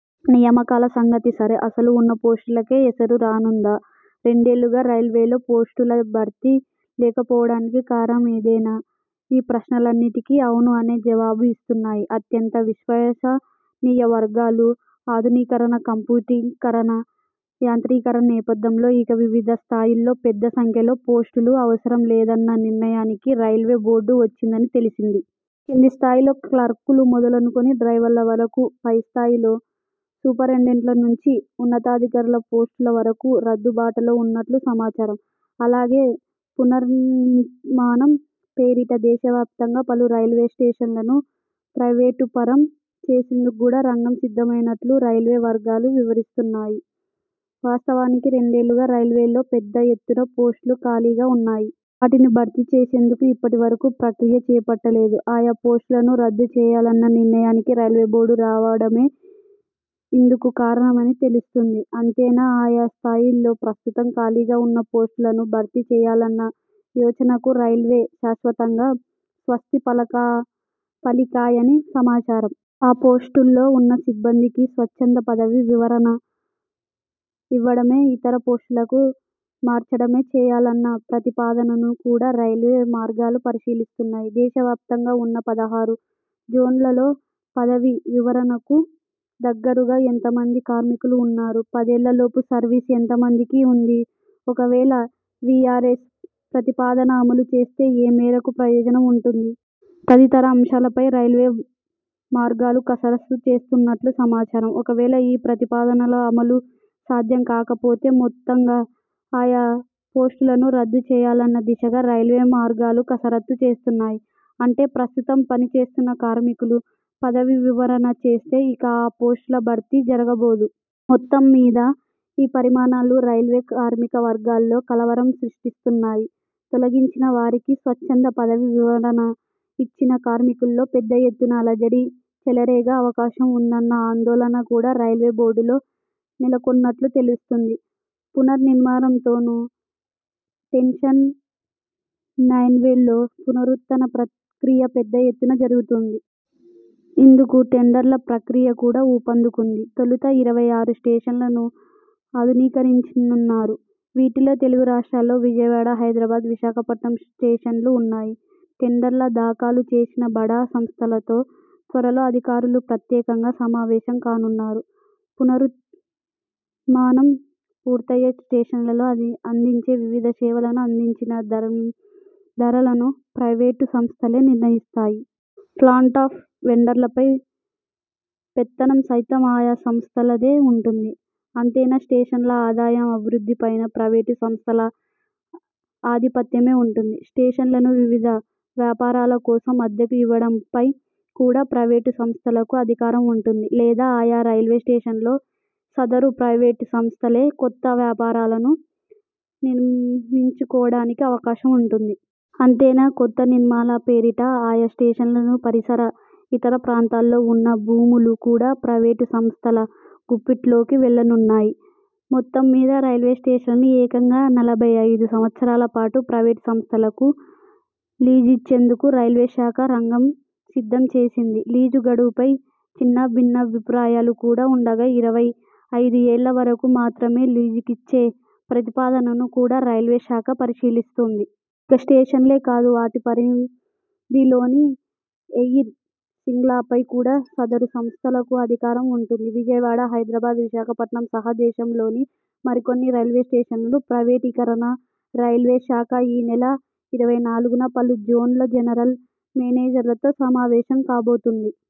నియామకాల సంగతి సరే.. అసలు ఉన్న పోస్టులకే ఎసరు రానుందా? రెండేళ్లుగా రైల్వేల్లో పోస్టుల భర్తీ లేకపోవడానికి కారణం ఇదేనా? ఈ ప్రశ్నలన్నిటికీ 'ఔను' అనే జవాబు ఇస్తున్నాయి అత్యంత విశ్వసనీయ వర్గాలు. ఆధునీకరణ, కంప్యూటరీకరణ, యాంత్రీకరణ నేపథ్యంలో ఇక వివిధ స్థాయుల్లో పెద్ద సంఖ్యలో పోస్టులు అవసరం లేదన్న నిర్ణయానికి రైల్వే బోర్డు వచ్చిందని తెలిసింది. కింది స్థాయిలో క్లర్కులు మొదలుకుని డ్రైవర్ల వరకూ, పైస్థాయిలో సూపరింటెండెంట్ల నుంచి ఉన్నతాధికారుల పోస్టుల వరకూ రద్దు బాటలో ఉన్నట్లు సమాచారం. అలాగే, పునర్నిర్మాణం పేరిట దేశవ్యాప్తంగా పలు రైల్వే స్టేషన్లను ప్రైవేటుపరం చేసేందుకు కూడా రంగం సిద్ధమైనట్లు రైల్వే వర్గాలు వివరిస్తున్నాయి. వాస్తవానికి రెండేళ్లుగా రైల్వేల్లో పెద్ద ఎత్తున పోస్టులు ఖాళీగా ఉన్నాయి. వాటిని భర్తీ చేసేందుకు ఇప్పటి వరకూ ప్రక్రియ చేపట్టలేదు. ఆయా పోస్టులను రద్దు చేయాలన్న నిర్ణయానికి రైల్వే బోర్డు రావడమే ఇందుకు కారణమని తెలుస్తోంది. అంతేనా, ఆయా స్థాయుల్లో ప్రస్తుతం ఖాళీగా ఉన్న పోస్టులను భర్తీ చేయాలన్న యోచనకు రైల్వే శాశ్వతంగా స్వస్తి పలికాయని సమాచారం. ఆ పోస్టుల్లో ఉన్న సిబ్బందికి స్వచ్ఛంద పదవీ విరమణ ఇవ్వడమో ఇతర పోస్టులకు మార్చడమో చేయాలన్న ప్రతిపాదనను కూడా రైల్వే వర్గాలు పరిశీలిస్తున్నాయి. దేశవ్యాప్తంగా ఉన్న పదహారు జోన్లలో పదవీ విరమణకు దగ్గరగా ఎంతమంది కార్మికులు ఉన్నారు? ఐదేళ్లలోపు సర్వీసు ఎంతమందికి ఉంది? ఒకవేళ వీఆర్ఎస్ ప్రతిపాదన అమలు చేస్తే ఏ మేరకు ప్రయోజనం ఉంటుంది? తదితర అంశాలపై రైల్వే మార్గాలు కసరత్తు చేస్తున్నట్లు సమాచారం. ఒకవేళ ఈ ప్రతిపాదనల అమలు సాధ్యం కాకపోతే, మొత్తంగా ఆయా పోస్టులను రద్దు చేయాలన్న దిశగా రైల్వే మార్గాలు కసరత్తు చేస్తున్నాయి. అంటే ప్రస్తుతం పని చేస్తున్న కార్మికులు పదవీ వివరణ చేస్తే, ఇక ఆ పోస్టుల భర్తీ జరగబోదు. మొత్తంమీద ఈ పరిణామాలు రైల్వే కార్మిక వర్గాల్లో కలవరం సృష్టిస్తున్నాయి. తొలగించినా, వారికి స్వచ్ఛంద పదవీ విరమణ ఇచ్చినా కార్మికుల్లో పెద్ద ఎత్తున అలజడి చెలరేగే అవకాశం ఉందన్న ఆందోళన కూడా రైల్వే బోర్డులో నెలకొన్నట్లు తెలుస్తోంది. పునర్నిర్మాణంతోనూ టెన్షన్రైల్వేల్లో పునర్నిర్మాణ ప్రక్రియ పెద్ద ఎత్తున జరుగుతోంది. ఇందుకు టెండర్ల ప్రక్రియ కూడా ఊపందుకుంది. తొలుత ఇరవై ఆరు స్టేషన్లను ఆధునీకరించనున్నారు. వీటిలో తెలుగు రాష్ట్రాల్లో విజయవాడ, హైదరాబాద్, విశాఖపట్నం స్టేషన్లు ఉన్నాయి. టెండర్లు దాఖలు చేసిన బడా సంస్థలతో త్వరలో అధికారులు ప్రత్యేకంగా సమావేశం కానున్నారు. పునర్నిర్మాణం పూర్తైతే స్టేషన్లలో అందించే వివిధ సేవలను సంబంధించిన ధరలను ప్రైవేటు సంస్థలే నిర్ణయిస్తాయి. ప్లాట్ఫాం వెండర్లపై పెత్తనం సైతం ఆయా సంస్థలదే ఉంటుంది. అంతేనా, స్టేషన్ల ఆదాయం, అభివృద్ధిపైనా ప్రైవేటు సంస్థల ఆధిపత్యమే ఉంటుంది. స్టేషన్లను వివిధ వ్యాపారాల కోసం అద్దెకు ఇవ్వడంపై కూడా ప్రైవేటు సంస్థలకు అధికారం ఉంటుంది. లేదా ఆయా రైల్వే స్టేషన్లలో సదరు ప్రైవేటు సంస్థలే కొత్త వ్యాపారాలను నిర్మిం చుకోవడానికి అవకాశం ఉంటుంది. అంతేనా కొత్త నిర్మాణాల పేరిట ఆయా స్టేషన్లు, పరిసర, ఇతర ప్రాంతాల్లో ఉన్న భూములు కూడా ప్రైవేటు సంస్థల గుప్పిట్లోకి వెళ్లనున్నాయి. మొత్తంమీద రైల్వే స్టేషన్లను ఏకంగా నలభై ఐదు సంవత్సరాలపాటు ప్రైవేటు సంస్థలకు లీజుకిచ్చేందుకు రైల్వే శాఖ రంగం సిద్ధం చేసింది. లీజు గడువుపై చిన్నభిన్నాభిప్రాయాలు కూడా ఉండగా ఇరవై ఐదు ఏళ్ల వరకు మాత్రమే లీజుకిచ్చే ప్రతిపాదనను కూడా రైల్వే శాఖ పరిశీలిస్తోంది. ఇక స్టేషన్లే కాదు వాటి పరిధిలోని ఎయిర్ సిగ్ళ్లపై కూడా సదరు సంస్థలకు అధికారం ఉంటుంది. విజయవాడ, హైదరాబాద్, విశాఖపట్నం సహా దేశంలోని మరికొన్ని రైల్వే స్టేషన్ల ప్రైవేటీకరణ రైల్వే శాఖ ఈనెల ఇరవై నాలుగున పలు జోన్ల జనరల్ మేనేజర్లతో సమావేశం కాబోతోంది.